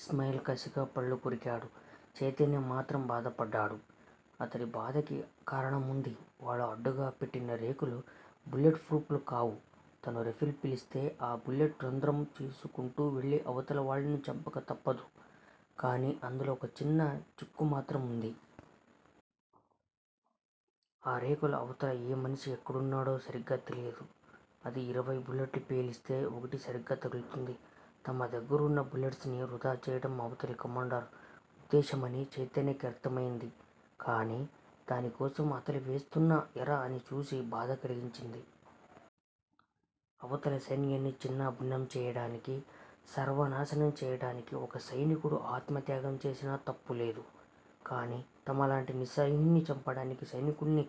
ఇస్మాయిల్ కసిగా పళ్ళు కొరికాడు. చైతన్య మాత్రం బాధపడ్డాడు. అతడి బాధకి కారణం వుంది. వాళ్ళు అడ్డుగా పెట్టిన రేకులు, బుల్లెట్ ఫ్రూఫ్ లు కావు. తను రైఫిల్ పేలిస్తే ఆ బుల్లెట్ రంధ్రం చేసుకుంటూ వెళ్ళి అవతలి వాళ్ళని చంపక తప్పదు. కానీ అందులో ఒక చిన్న చిక్కు మాత్రం వుంది. ఆ రేకుల అవతల ఏ మనిషి ఎక్కడున్నాడో సరిగ్గా తెలియదు. అది ఇరవై బుల్లెట్లు పేలిస్తే ఒకటి సరీగ్గా తగులుతుంది. తమ దగ్గిరవున్న బుల్లెట్స్ ని వృధాచేయటం అవతలి కమాండర్ ఉద్దేశ్యమని చైతన్యకి అర్ధమైంది. కానీ దానికోసం అతను వేస్తున్న ఎర అని చూసి బాధ కలిగింది. అవతలి సైన్యాన్ని ఛిన్నాభిన్నం చేయటానికి, సర్వనాశనం చేయటానికీ ఒక సైనికుడు ఆత్మత్యాగం చేసినా తప్పులేదు. కానీ తమలాంటి నిస్సహాయుల్ని చంపటానికి సైనుకుల్ని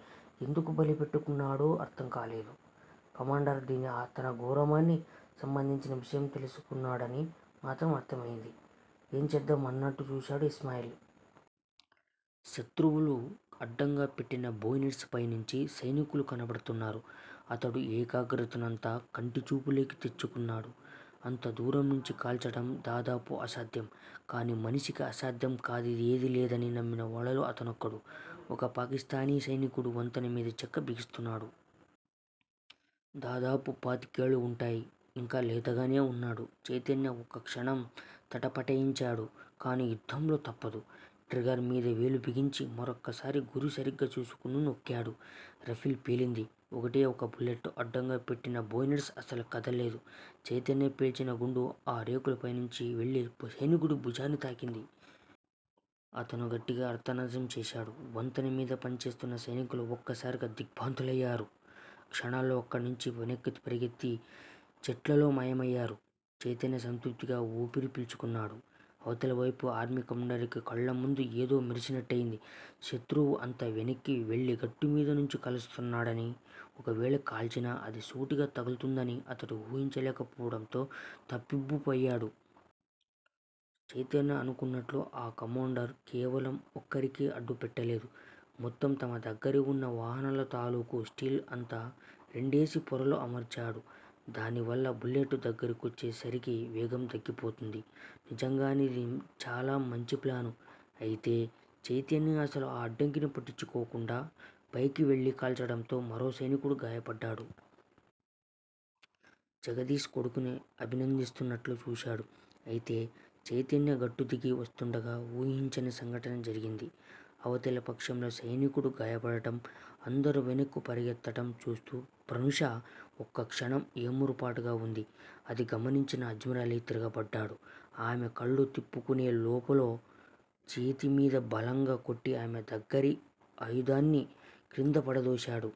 ఎందుకు బలి పెట్టాలనుకున్నాడో అర్ధంకాలేదు. కమాండర్ దీన్ని తన గౌరవాని సంబంధించిన విషయంగా తీసుకున్నాడని మాత్రం అర్ధం అయింది. ఏం చేద్దాం అన్నట్టు చూశాడు ఇస్మాయిల్. శత్రువులు అడ్డం గా పెట్టిన బోయినెట్స్ పైనుంచి సైనికులు కనపడుతున్నారు. అతడు ఏకాగ్రతనంతా కంటి చూపులోకి తెచ్చుకున్నాడు. అంత దూరం నుంచి కాల్చటం దాదాపు అసాధ్యం. కానీ మనిషికి అసాధ్యం కానిదేదీ లేదని నమ్మిన వాళ్ళల్లో అతనొకడు. ఒక పాకిస్తానీ సైనికుడు వంతెన మీద చెక్క బిగిస్తున్నాడు. దాదాపు పాతికేళ్ళు వుంటాయి. ఇంకా లేతగానే వున్నాడు. చైతన్య ఒక్కక్షణం తటపటాయించాడు. కానీ యుద్ధంలో తప్పదు. ట్రిగ్గర్ మీద వేలు బిగించి. మరొకసారి గురి సరిగ్గా చూసుకుని నొక్కాడు. రైఫిల్ పేలింది. ఒకటే ఒక బుల్లెట్ అడ్డంగా పెట్టిన బోయినెట్స్ అసలు కదల్లేదు. చైతన్య పేల్చిన గుండు ఆ రేకుల పైనుంచి వెళ్ళి సైనికుడి భుజాన్ని తాకింది. అతను గట్టిగా ఆర్తనాదం చేశాడు. వంతెన మీద పని చేస్తున్న సైనికులు ఒక్కసారిగా దిగ్భ్రాంతులయ్యారు. క్షణంలో అక్కణ్ణుంచి వెనక్కి పరుగెత్తి చెట్లలో మాయమయ్యారు. చైతన్య సంతృప్తిగా ఊపిరి పీల్చుకున్నాడు. అవతలివైపు ఆర్మీ కమాండర్ కి కళ్ళముందు ఏదో మెరిసినట్టయింది. శత్రువు అంత వెనక్కి వెళ్ళి గట్ట మీద నుంచి కాలుస్తాడనీ, ఒకవేళ కాల్చినా అది సూటిగా తగులుతుందనీ అతడు ఊహించలేక పోవటంతో తబ్బిబ్బు అయ్యాడు. చైతన్య అనుకున్నట్లు ఆ కమాండర్ కేవలం ఒక్క రికే అడ్డు పెట్టలేదు. మొత్తం తమ దగ్గిర వున్న వాహనాల తాలూకు స్టీల్ అంతా రెండేసి పొరలు అమర్చాడు. దానివల్ల బుల్లెట్ దగ్గిరకొచ్చే సరికి వేగం తగ్గిపోతుంది. నిజంగానే ఇది చాలా మంచి ప్లాను. అయితే చైతన్య అసలు ఆ అడ్డంకిని పట్టించుకోకుండా పైకి వెళ్ళి కాల్చటముతో మరో సైనికుడు గాయపడ్డాడు. జగదీష్ కొడుకుని అభినందిస్తున్నట్లు చూశాడు. అయితే చైతన్య గట్టు దిగి వస్తూండగా ఊహించని సంఘటన జరిగింది. అవతలి పక్షంలో సైనికుడు గాయపడటం, అందరూ వెనక్కి పరుగెత్తటం చూస్తూ ప్రనూష ఒక్కక్షణం ఏమరుపాటుగా వుంది. అది గమనించి అజ్మరాలీ తిరగబడ్డాడు. ఆమె కళ్ళు తిప్పుకునే లోపులో, చేతి మీద బలంగా కొట్టి ఆమె దగ్గిర ఆయుధాన్ని క్రింద పడతోసాడు.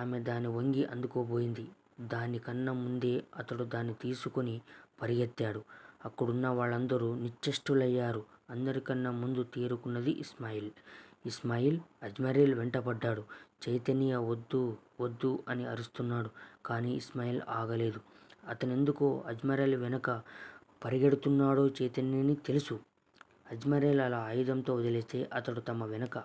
ఆమె దాన్ని వంగి అందుకోబోయింది. దాని కన్నా ముందే అతడు దాన్ని తీసుకుని పరుగెత్తాడు. అక్కడున్న వాళ్ళందరూ నిశ్చేష్టులయ్యారు. అందరికన్నా ముందు తేరుకున్నది ఇస్మాయిల్. ఇస్మాయిల్, అజ్మరాలీ వెంటబడ్డాడు. చైతన్య వద్దు-వద్దు అని అరుస్తున్నాడు. కానీ ఇస్మాయిల్ ఆగలేదు. అతనెందుకు అజ్మరాలీ వెనుక పరుగెడుతున్నాడో చైతన్యని తెలుసు. అజ్మరాలీ అలా ఆయుధంతో వదిలేస్తే అతడు తమ వెనుక